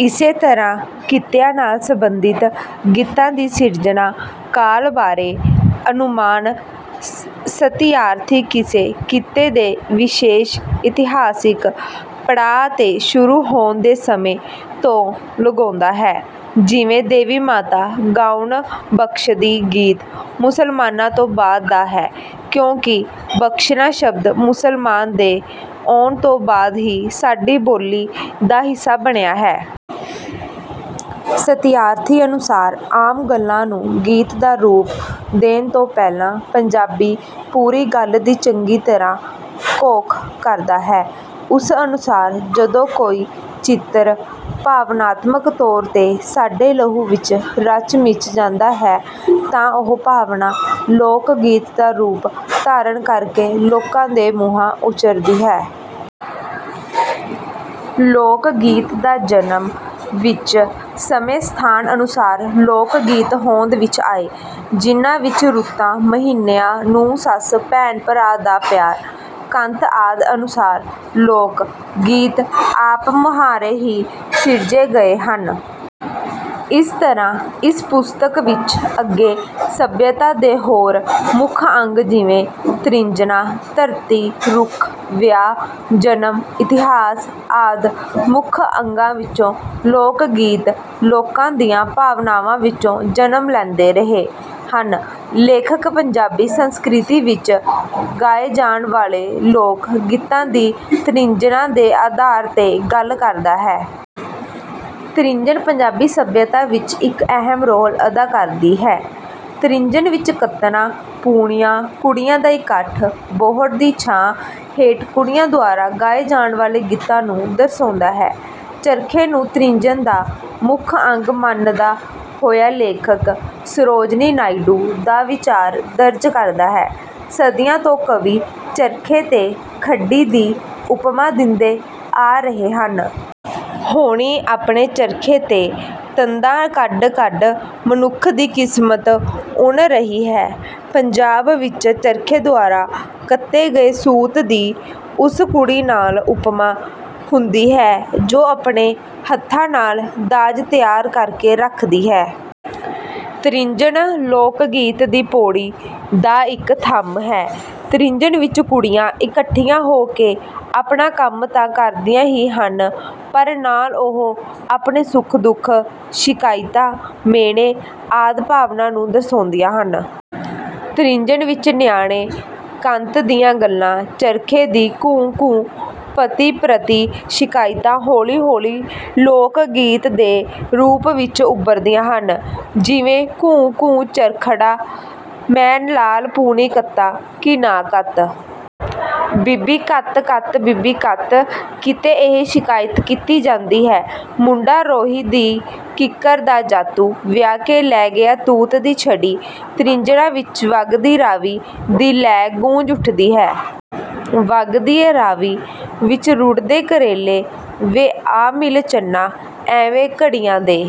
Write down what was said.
ਇਸੇ ਤਰ੍ਹਾਂ ਕਿੱਤਿਆਂ ਨਾਲ ਸੰਬੰਧਿਤ ਗੀਤਾਂ ਦੀ ਸਿਰਜਣਾ ਕਾਲ ਬਾਰੇ ਅਨੁਮਾਨ ਸਤਿਆਰਥੀ ਕਿਸੇ ਕਿੱਤੇ ਦੇ ਵਿਸ਼ੇਸ਼ ਇਤਿਹਾਸਿਕ ਪੜਾਅ ਤੇ ਸ਼ੁਰੂ ਹੋਣ ਦੇ ਸਮੇਂ ਤੋਂ ਲਗਾਉਂਦਾ ਹੈ। ਜਿਵੇਂ "ਦੇਵੀ ਮਾਤਾ ਗਾਉਣ ਬਖ਼ਸ਼ਦੀ" ਗੀਤ ਮੁਸਲਮਾਨਾਂ ਤੋਂ ਬਾਅਦ ਦਾ ਹੈ ਕਿਉਂਕਿ 'ਬਖ਼ਸ਼ਣਾ' ਸ਼ਬਦ ਮੁਸਲਮਾਨਾਂ ਦੇ ਆਉਣ ਤੋਂ ਬਾਅਦ ਹੀ ਸਾਡੀ ਬੋਲੀ ਦਾ ਹਿੱਸਾ ਬਣਿਆ ਹੈ। ਸਤਿਆਰਥੀ ਅਨੁਸਾਰ ਆਮ ਗੱਲਾਂ ਨੂੰ ਗੀਤ ਦਾ ਰੂਪ ਦੇਣ ਤੋਂ ਪਹਿਲਾਂ ਪੰਜਾਬੀ ਪੂਰੀ ਗੱਲ ਦੀ ਚੰਗੀ ਤਰ੍ਹਾਂ ਘੋਖ ਕਰਦਾ ਹੈ। ਉਸ ਅਨੁਸਾਰ ਜਦੋਂ ਕੋਈ ਚਿੱਤਰ ਭਾਵਨਾਤਮਕ ਤੌਰ ਤੇ ਸਾਡੇ ਲਹੂ ਵਿੱਚ ਰਚ ਮਿਚ ਜਾਂਦਾ ਹੈ, ਤਾਂ ਉਹ ਭਾਵਨਾ ਲੋਕ ਗੀਤ ਦਾ ਰੂਪ ਧਾਰਨ ਕਰਕੇ ਲੋਕਾਂ ਦੇ ਮੂੰਹਾਂ ਉਚਰਦੀ ਹੈ। "ਲੋਕ ਗੀਤ ਦਾ ਜਨਮ" ਵਿੱਚ ਸਮੇਂ ਸਥਾਨ ਅਨੁਸਾਰ ਲੋਕ ਗੀਤ ਹੋਂਦ ਵਿੱਚ ਆਏ, ਜਿਨ੍ਹਾਂ ਵਿੱਚ ਰੁੱਤਾਂ, ਮਹੀਨਿਆਂ, ਨੂੰਹ ਸੱਸ, ਭੈਣ ਭਰਾ ਦਾ ਪਿਆਰ, ਕੰਤ ਆਦਿ ਅਨੁਸਾਰ ਲੋਕ ਗੀਤ ਆਪ ਮਹਾਰੇ ਹੀ ਸਿਰਜੇ ਗਏ ਹਨ। ਇਸ ਤਰ੍ਹਾਂ ਇਸ ਪੁਸਤਕ ਵਿੱਚ ਅੱਗੇ ਸੱਭਿਅਤਾ ਦੇ ਹੋਰ ਮੁੱਖ ਅੰਗ ਜਿਵੇਂ ਤ੍ਰਿੰਜਣਾਂ, ਧਰਤੀ, ਰੁੱਖ, ਵਿਆਹ, ਜਨਮ, ਇਤਿਹਾਸ ਆਦਿ ਮੁੱਖ ਅੰਗਾਂ ਵਿੱਚੋਂ ਲੋਕ ਗੀਤ ਲੋਕਾਂ ਦੀਆਂ ਭਾਵਨਾਵਾਂ ਵਿੱਚੋਂ ਜਨਮ ਲੈਂਦੇ ਰਹੇ ਹਨ। ਲੇਖਕ ਪੰਜਾਬੀ ਸੰਸਕ੍ਰਿਤੀ ਵਿੱਚ ਗਾਏ ਜਾਣ ਵਾਲੇ ਲੋਕ ਗੀਤਾਂ ਦੀ ਤ੍ਰਿੰਜਣਾਂ ਦੇ ਆਧਾਰ ਤੇ ਗੱਲ ਕਰਦਾ ਹੈ। ਤ੍ਰਿੰਜਣ ਪੰਜਾਬੀ ਸੱਭਿਅਤਾ ਵਿੱਚ ਇੱਕ ਅਹਿਮ ਰੋਲ ਅਦਾ ਕਰਦੀ ਹੈ। ਤ੍ਰਿੰਜਣ ਵਿੱਚ ਕੱਤਣਾ, ਪੂਣੀਆਂ, ਕੁੜੀਆਂ ਦਾ ਇਕੱਠ, ਬੋਹੜ ਦੀ ਛਾਂ ਹੇਠ ਕੁੜੀਆਂ ਦੁਆਰਾ ਗਾਏ ਜਾਣ ਵਾਲੇ ਗੀਤਾਂ ਨੂੰ ਦਰਸਾਉਂਦਾ ਹੈ। ਚਰਖੇ ਨੂੰ ਤ੍ਰਿੰਜਣ ਦਾ ਮੁੱਖ ਅੰਗ ਮੰਨਦਾ ਹੋਇਆ ਲੇਖਕ ਸਰੋਜਨੀ ਨਾਇਡੂ ਦਾ ਵਿਚਾਰ ਦਰਜ ਕਰਦਾ ਹੈ: "ਸਦੀਆਂ ਤੋਂ ਕਵੀ ਚਰਖੇ ਤੇ ਖੱਡੀ ਦੀ ਉਪਮਾ ਦਿੰਦੇ ਆ ਰਹੇ ਹਨ। ਹੋਣੀ ਆਪਣੇ ਚਰਖੇ ਤੇ ਤੰਦਾਂ ਕੱਢ ਕੱਢ ਮਨੁੱਖ ਦੀ ਕਿਸਮਤ ਉਣ ਰਹੀ ਹੈ।" ਪੰਜਾਬ ਵਿੱਚ ਚਰਖੇ ਦੁਆਰਾ ਕੱਤੇ ਗਏ ਸੂਤ ਦੀ ਉਸ ਕੁੜੀ ਨਾਲ ਉਪਮਾ ਹੁੰਦੀ ਹੈ ਜੋ ਆਪਣੇ ਹੱਥਾਂ ਨਾਲ ਦਾਜ ਤਿਆਰ ਕਰਕੇ ਰੱਖਦੀ ਹੈ। ਤ੍ਰਿੰਜਣ ਲੋਕ ਗੀਤ ਦੀ ਪੌੜੀ ਦਾ ਇੱਕ ਥੰਮ੍ਹ ਹੈ। ਤ੍ਰਿੰਜਣ ਵਿੱਚ ਕੁੜੀਆਂ ਇਕੱਠੀਆਂ ਹੋ ਕੇ ਆਪਣਾ ਕੰਮ ਤਾਂ ਕਰਦੀਆਂ ਹੀ ਹਨ, ਪਰ ਨਾਲ ਉਹ ਆਪਣੇ ਸੁੱਖ ਦੁੱਖ, ਸ਼ਿਕਾਇਤਾਂ, ਮੇਹਣੇ ਆਦਿ ਭਾਵਨਾਵਾਂ ਨੂੰ ਦਰਸਾਉਂਦੀਆਂ ਹਨ। ਤ੍ਰਿੰਜਣ ਵਿੱਚ ਨਿਆਣੇ ਕੰਤ ਦੀਆਂ ਗੱਲਾਂ, ਚਰਖੇ ਦੀ ਘੂੰ ਘੂੰ, ਪਤੀ ਪ੍ਰਤੀ ਸ਼ਿਕਾਇਤਾਂ ਹੌਲੀ ਹੌਲੀ ਲੋਕ ਗੀਤ ਦੇ ਰੂਪ ਵਿੱਚ ਉਭਰਦੀਆਂ ਹਨ। ਜਿਵੇਂ "ਘੂੰ ਘੂੰ ਚਰਖੜਾ ਮੈਂ ਲਾਲ ਪੂਣੀ ਕੱਤਾਂ ਕਿ ਨਾਂ, ਕੱਤ ਬੀਬੀ ਕੱਤ ਕੱਤ ਬੀਬੀ ਕੱਤ" ਕਿਤੇ ਇਹ ਸ਼ਿਕਾਇਤ ਕੀਤੀ ਜਾਂਦੀ ਹੈ: "ਮੁੰਡਾ ਰੋਹੀ ਦੀ ਕਿੱਕਰ ਦਾ ਜਾਤੂ, ਵਿਆਹ ਕੇ ਲੈ ਗਿਆ ਤੂਤ ਦੀ ਛਟੀ" ਤ੍ਰਿੰਜਣਾਂ ਵਿੱਚ 'ਵਗਦੀ ਰਾਵੀ' ਦੀ ਲੈ ਗੂੰਜ ਉੱਠਦੀ ਹੈ: "ਵਗਦੀ ਏ ਰਾਵੀ ਵਿੱਚ ਰੁੜ੍ਹਦੇ ਕਰੇਲੇ ਵੇ ਆ ਮਿਲ ਚੰਨਾ" ਐਵੇਂ ਘੜੀਆਂ ਦੇ